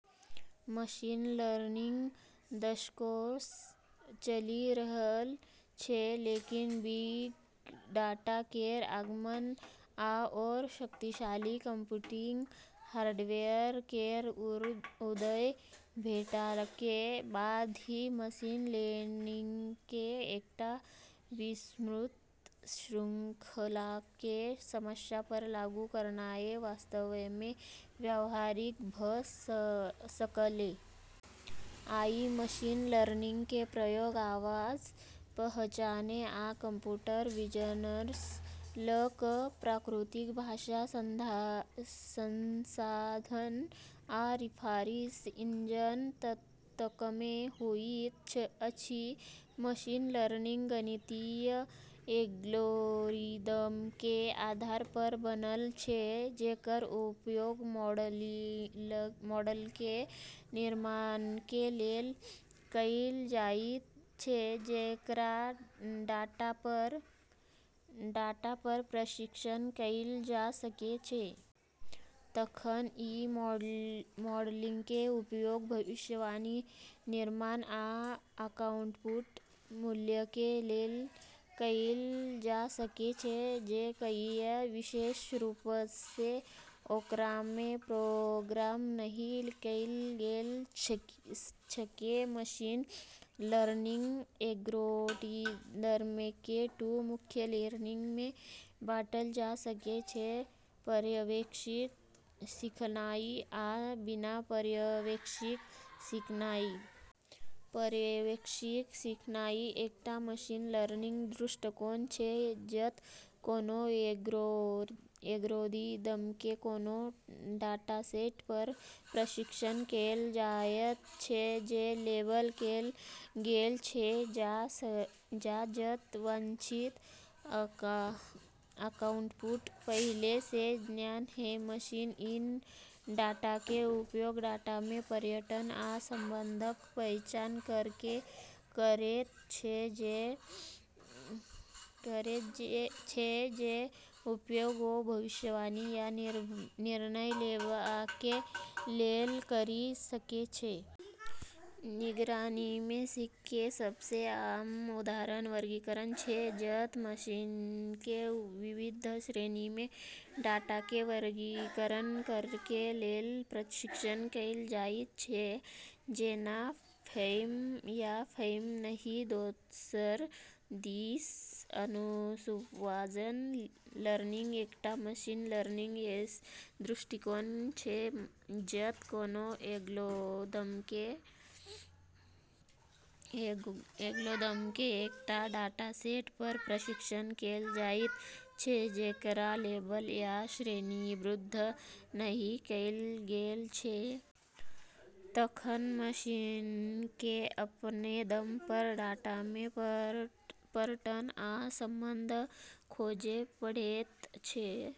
Machine learning दशकोंसँ चलि रहल छै, लेकिन बिग डाटा केर आगमन आओर शक्तिशाली कंप्यूटिंग हार्डवेयर केर उदय भेलाके बाद ही मशीन लर्निंगके एकटा विस्तृत श्रृंखलाके समस्या पर लागू करनाइ वास्तवमे व्यावहारिक भ' सकलै । आइ मशीन लर्निंग के प्रयोग आवाज़ पहचान आ कम्प्यूटर विजनसँ ल' क' प्राकृतिक भाषा संसाधन आ सिफारिश इंजन तकमे होइत अछि। मशीन लर्निंग गणितीय एल्गोरिदमके आधार पर बनल छै जेकर उपयोग मॉडलके निर्माणके लेल कैल जाइत छै जेकरा डाटा पर प्रशिक्षित कैल जा सकै छै। तखन ई मॉडलके उपयोग भविष्यवाणी, निर्णय या आउटपुट मूल्यके लेल कैल जा सकै छै जे कहियो विशेष रूपसँ ओकरामे प्रोग्राम नहि कैल गेल छलै। मशीन लर्निंग एल्गोरिदमके दू मुख्य श्रेणीमे बांटल जा सकै छै: पर्यवेक्षित सिखनाइ आ बिना पर्यवेक्षित सिखनाइ। पर्यवेक्षित सिखनाइ एकटा मशीन लर्निंग दृष्टिकोण छै जत' कोनो एल्गोरिदमके कोनो डाटासेट पर प्रशिक्षित कैल जायत छै जे लेबल कैल गेल छै, या जत' वांछित आउटपुट पहिले सँ ज्ञात छै। मशीन अइ डाटाके उपयोग डाटामे पैटर्न आ संबंधक पहचान करैके करैत छै जेकर उपयोग ओ भविष्यवाणी या निर्णय लेबाके लेल करि सकै छै। निगरानीमे सीखैके सबसँ आम उदाहरण वर्गीकरण छै, जत' मशीनके विभिन्न श्रेणीमे डाटाके वर्गीकरण करैके लेल प्रशिक्षित कैल जाइत छै, जेना स्पैम या स्पैम नहि। दोसर दिस, अनसुपरवाइज लर्निंग एकटा मशीन लर्निंग दृष्टिकोण छै जत' कोनो एल्गोरिदमके एकटा डाटासेट पर प्रशिक्षित कैल जाइत छै जेकरा लेबल या श्रेणीबद्ध नहि कैल गेल छै। तखन मशीनके अपन दम पर डाटामे पैटर्न आ संबंध खोजै पड़ैत छै।